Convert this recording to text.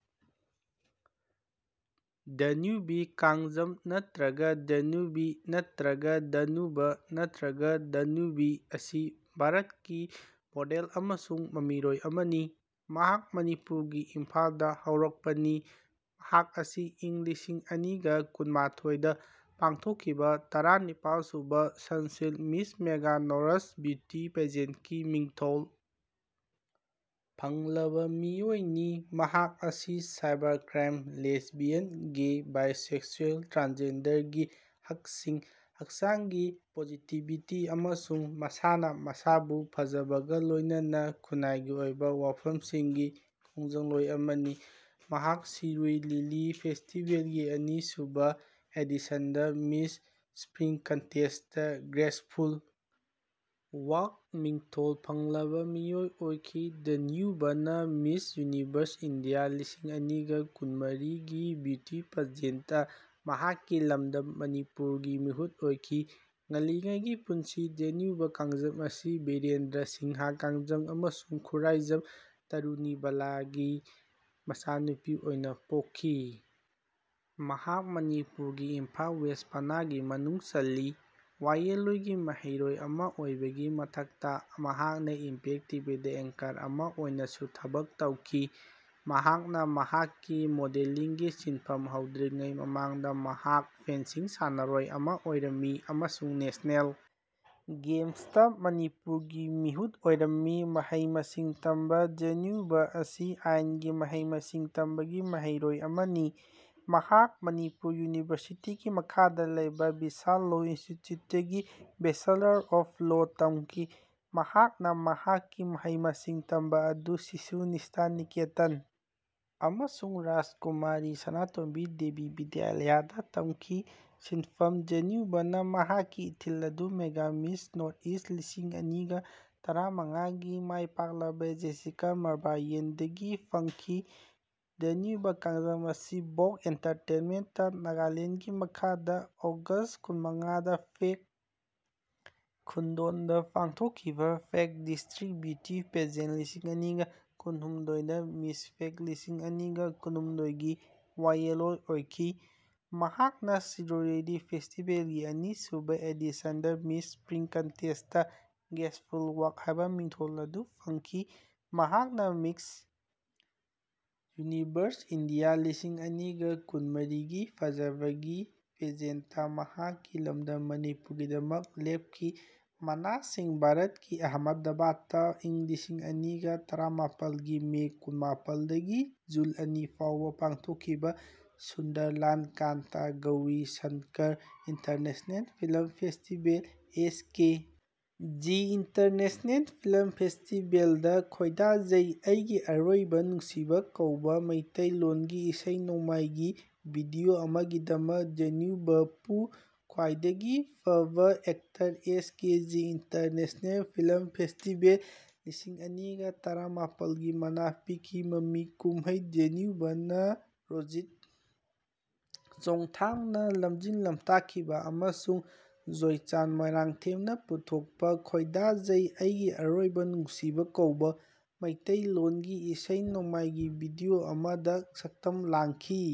Danube Kangjam (ꯅꯠꯇ꯭ꯔꯒ ꯗꯥꯅ꯭ꯌꯨꯕꯤ ꯅꯠꯇ꯭ꯔꯒ ꯗꯥꯅꯨꯞ ꯅꯠꯇ꯭ꯔꯒ ꯗꯥꯅꯨꯕꯤ) ꯑꯁꯤ ꯚꯥꯔꯠꯀꯤ ꯃꯣꯗꯦꯜ ꯑꯃꯁꯨꯡ ꯃꯃꯤꯔꯣꯏ ꯑꯃꯅꯤ꯫ ꯃꯍꯥꯛ ꯃꯅꯤꯄꯨꯔꯒꯤ ꯏꯝꯐꯥꯜꯗ ꯍꯧꯔꯛꯄꯅꯤ꯫ ꯃꯍꯥꯛ ꯑꯁꯤ ꯏꯪ ꯂꯤꯁꯤꯡ ꯑꯅꯤꯒ ꯀꯨꯟꯃꯥꯊꯣꯏꯗ ꯄꯥꯡꯊꯣꯛꯈꯤꯕ ꯇꯔꯥꯅꯤꯄꯥꯜꯁꯨꯕ Sunsilk Miss Mega Northeast beauty ꯄꯦꯖꯦꯟꯀꯤ ꯃꯤꯡꯊꯣꯜ ꯐꯪꯂꯕ ꯃꯤꯑꯣꯏꯅꯤ꯫ ꯃꯍꯥꯛ ꯑꯁꯤ cyber crime, lesbian gay bisexual ꯇ꯭ꯔꯥꯟꯁꯖꯦꯟꯗꯔꯒꯤ ꯍꯛꯁꯤꯡ, ꯍꯛꯆꯥꯡꯒꯤ ꯄꯣꯖꯤꯇꯤꯚꯤꯇꯤ ꯑꯃꯁꯨꯡ ꯃꯁꯥꯅ ꯃꯁꯥꯕꯨ ꯐꯖꯕꯒ ꯂꯣꯏꯅꯅ ꯈꯨꯟꯅꯥꯏꯒꯤ ꯑꯣꯏꯕ ꯋꯥꯐꯝꯁꯤꯡꯒꯤ ꯈꯣꯡꯖꯪꯂꯣꯏ ꯑꯃꯅꯤ꯫ ꯃꯍꯥꯛ ꯁꯤꯔꯨꯏ ꯂꯤꯂꯤ ꯐꯦꯁꯇꯤꯕꯦꯜꯒꯤ ꯑꯅꯤꯁꯨꯕ ꯑꯦꯗꯤꯁꯟꯗ Miss spring contest "graceful walk" ꯃꯤꯡꯊꯣꯜ ꯐꯪꯂꯕ ꯃꯤꯑꯣꯏ ꯑꯣꯏꯈꯤ꯫ ꯗꯥꯅ꯭ꯌꯨꯞꯅ ꯃꯤꯁ ꯌꯨꯅꯤꯚꯔꯁ ꯏꯟꯗꯤꯌꯥ ꯂꯤꯁꯤꯡ ꯑꯅꯤꯒ ꯀꯨꯟꯃꯔꯤꯒꯤ ꯕ꯭ꯌꯨꯇꯤ ꯄꯦꯖꯦꯟꯠꯇ ꯃꯍꯥꯛꯀꯤ ꯂꯝꯗꯝ ꯃꯅꯤꯄꯨꯔꯒꯤ ꯃꯤꯍꯨꯠ ꯑꯣꯏꯈꯤ꯫ ꯉꯜꯂꯤꯉꯩꯒꯤ ꯄꯨꯟꯁꯤ ꯗꯥꯅ꯭ꯌꯨꯕ ꯀꯥꯡꯖꯝ ꯑꯁꯤ ꯕꯤꯔꯦꯟꯗ꯭ꯔꯥ ꯁꯤꯡꯍ ꯀꯥꯡꯖꯝ ꯑꯃꯁꯨꯡ ꯈꯨꯔꯥꯏꯖꯝ ꯇꯔꯨꯅꯤꯕꯥꯂꯥꯒꯤ ꯃꯆꯥꯅꯨꯄꯤ ꯑꯣꯏꯅ ꯄꯣꯛꯈꯤ꯫ ꯃꯍꯥꯛ ꯃꯅꯤꯄꯨꯔꯒꯤ ꯏꯝꯐꯥꯜ ꯋꯦꯁ ꯄꯅꯥꯒꯤ ꯃꯅꯨꯡ ꯆꯜꯂꯤ꯫ ꯋꯥꯌꯦꯜꯂꯣꯟꯒꯤ ꯃꯍꯩꯔꯣꯏ ꯑꯃ ꯑꯣꯏꯕꯒꯤ ꯃꯊꯛꯇ, ꯃꯍꯥꯛꯅ ꯏꯝꯄꯦꯛ ꯇꯤꯚꯤꯗ ꯑꯦꯡꯀꯔ ꯑꯃ ꯑꯣꯏꯅꯁꯨ ꯊꯕꯛ ꯇꯧꯈꯤ꯫ ꯃꯍꯥꯛꯅ ꯃꯍꯥꯛꯀꯤ ꯃꯣꯗꯦꯂꯤꯡꯒꯤ ꯁꯤꯟꯐꯝ ꯍꯧꯗ꯭ꯔꯤꯉꯩ ꯃꯃꯥꯡꯗ ꯃꯍꯥꯛ ꯐꯦꯟꯁꯤꯡ ꯁꯥꯟꯅꯔꯣꯏ ꯑꯃ ꯑꯣꯏꯔꯝꯃꯤ ꯑꯃꯁꯨꯡ ꯅꯦꯁꯅꯦꯜ ꯒꯦꯝꯁꯇ ꯃꯅꯤꯄꯨꯔꯒꯤ ꯃꯤꯍꯨꯠ ꯑꯣꯏꯔꯝꯃꯤ꯫ ꯃꯍꯩ-ꯃꯁꯤꯡ ꯇꯝꯕ ꯗꯥꯅ꯭ꯌꯨꯞ ꯑꯁꯤ ꯑꯥꯏꯟꯒꯤ ꯃꯍꯩ-ꯃꯁꯤꯡ ꯇꯝꯕꯒꯤ ꯃꯍꯩꯔꯣꯏ ꯑꯃꯅꯤ꯫ ꯃꯍꯥꯛ ꯃꯅꯤꯄꯨꯔ ꯌꯨꯅꯤꯚꯔꯁꯤꯇꯤꯒꯤ ꯃꯈꯥꯗ ꯂꯩꯕ ꯕꯤꯁꯥꯜ ꯂꯣ ꯏꯟꯁꯇꯤꯇ꯭ꯌꯨꯠꯇꯒꯤ ꯕꯦꯆꯦꯂꯔꯁ ꯑꯣꯐ ꯂꯣ ꯇꯝꯈꯤ꯫ ꯃꯍꯥꯛꯅ ꯃꯍꯥꯛꯀꯤ ꯃꯍꯩ-ꯃꯁꯤꯡ ꯇꯝꯕ ꯑꯗꯨ ꯁꯤꯁꯨ ꯅꯤꯁ꯭ꯊꯥ ꯅꯤꯀꯦꯇꯟ ꯑꯃꯁꯨꯡ ꯔꯥꯖꯀꯨꯃꯥꯔꯤ ꯁꯅꯥꯇꯣꯝꯕꯤ ꯗꯦꯕꯤ ꯕꯤꯗ꯭ꯌꯥꯂꯌꯥꯗ ꯇꯝꯈꯤ꯫ ꯁꯤꯟꯐꯝ: ꯗꯥꯅ꯭ꯌꯨꯞꯅ ꯃꯍꯥꯛꯀꯤ ꯏꯊꯤꯜ ꯑꯗꯨ ꯃꯦꯒꯥ ꯃꯤꯁ ꯅꯣꯔꯠ ꯏ꯭ꯁꯠ ꯂꯤꯁꯤꯡ ꯑꯅꯤꯒ ꯇꯔꯥꯃꯉꯥꯒꯤ ꯃꯥꯏꯄꯥꯛꯂꯕ ꯖꯦꯁꯤꯀꯥ ꯃꯥꯔꯕꯥꯅꯤꯌꯟꯗꯒꯤ ꯐꯪꯈꯤ꯫ ꯗꯥꯅ꯭ꯌꯨꯕ ꯀꯥꯡꯖꯝ ꯑꯁꯤ ꯚꯣꯒ ꯑꯦꯟꯇꯔꯇꯦꯟꯃꯦꯟꯇ ꯅꯥꯒꯥꯂꯦꯟ ꯒꯤ ꯃꯈꯥꯗ ꯑꯣꯒꯁꯠ ꯀꯨꯟꯃꯉꯥꯗ ꯐꯦꯛ ꯈꯨꯟꯌꯣꯜꯗ ꯄꯥꯡꯊꯣꯛꯈꯤꯕ ꯐꯦꯛ ꯗꯤꯁꯇ꯭ꯔꯤꯛ ꯕ꯭ꯌꯨꯇꯤ ꯄꯦꯖꯦꯟ ꯂꯤꯁꯤꯡ ꯑꯅꯤꯒ ꯀꯨꯟꯍꯨꯝꯗꯣꯏꯗ ꯃꯤꯁ ꯐꯦꯛ ꯂꯤꯁꯤꯡ ꯑꯅꯤꯒ ꯀꯨꯟꯍꯨꯝꯗꯣꯏꯒꯤ ꯋꯥꯌꯦꯜꯂꯣꯏ ꯑꯣꯏꯈꯤ꯫ ꯃꯍꯥꯛꯅ ꯁꯤꯔꯨꯏ ꯂꯤꯂꯤ ꯐꯦꯁꯇꯤꯕꯦꯜꯒꯤ ꯑꯅꯤꯁꯨꯕ ꯑꯦꯗꯤꯁꯟꯗ Miss spring contest "graceful walk" ꯍꯥꯏꯕ ꯃꯤꯡꯊꯣꯜ ꯑꯗꯨ ꯐꯪꯈꯤ꯫ ꯃꯍꯥꯛꯅ ꯃꯤꯁ ꯌꯨꯅꯤꯚꯔꯁ ꯏꯟꯗꯤꯌꯥ ꯂꯤꯁꯤꯡ ꯑꯅꯤꯒ ꯀꯨꯟꯃꯔꯤꯒꯤ ꯐꯖꯕꯒꯤ ꯄꯦꯖꯦꯟꯇ ꯃꯍꯥꯛꯀꯤ ꯂꯝꯗꯝ ꯃꯅꯤꯄꯨꯔꯒꯤꯗꯃꯛ ꯂꯦꯞꯈꯤ꯫ ꯃꯅꯥꯁꯤꯡ ꯚꯥꯔꯠꯀꯤ ꯑꯍꯃꯗꯕꯥꯗꯇ ꯏꯪ ꯂꯤꯁꯤꯡ ꯑꯅꯤꯒ ꯇꯔꯥꯃꯥꯄꯜꯒꯤ ꯃꯦ ꯀꯨꯟꯃꯥꯄꯜꯗꯒꯤ ꯖꯨꯟ ꯑꯅꯤ ꯐꯥꯎꯕ ꯄꯥꯡꯊꯣꯛꯈꯤꯕ Sundarlal Kanta Gauri Shankar international film festival (S K G international film ꯐꯦꯁꯇꯤꯕꯦꯜ)ꯗ "ꯈꯣꯏꯗꯥꯖꯩ (ꯑꯩꯒꯤ ꯑꯔꯣꯟꯕ ꯅꯨꯡꯁꯤꯕ)" ꯀꯧꯕ ꯃꯩꯇꯩ ꯂꯣꯟꯒꯤ ꯏꯁꯩ-ꯅꯣꯡꯃꯥꯏꯒꯤ ꯚꯤꯗꯤꯑꯣ ꯑꯃꯒꯤꯗꯃꯛ ꯗꯥꯅ꯭ꯌꯨꯞꯄꯨ ꯈ꯭ꯋꯥꯏꯗꯒꯤ ꯐꯕ actor S K G international film festival -ꯂꯤꯁꯤꯡ ꯑꯅꯤꯒꯥ ꯇꯔꯥꯃꯥꯄꯜꯒꯤ ꯃꯅꯥ ꯄꯤꯈꯤ꯫ ꯃꯃꯤ ꯀꯨꯝꯍꯩ ꯗꯥꯅ꯭ꯌꯨꯞꯅ ꯔꯣꯖꯤꯠ ꯆꯣꯡꯊꯥꯝꯅ ꯂꯝꯖꯤꯡ-ꯂꯝꯇꯥꯛꯈꯤꯕ ꯑꯃꯁꯨꯡ ꯖꯣꯏꯆꯥꯟ ꯃꯣꯏꯔꯥꯡꯊꯦꯝꯅ ꯄꯨꯊꯣꯛꯄ "ꯈꯣꯏꯗꯥꯖꯩ (ꯑꯩꯒꯤ ꯑꯔꯣꯟꯕ ꯅꯨꯡꯁꯤꯕ)" ꯀꯧꯕ ꯃꯩꯇꯩ ꯂꯣꯟꯒꯤ ꯏꯁꯩ-ꯅꯣꯡꯃꯥꯏꯒꯤ ꯚꯤꯗꯤꯑꯣ ꯑꯃꯗ ꯁꯛꯇꯝ ꯂꯥꯡꯈꯤ꯫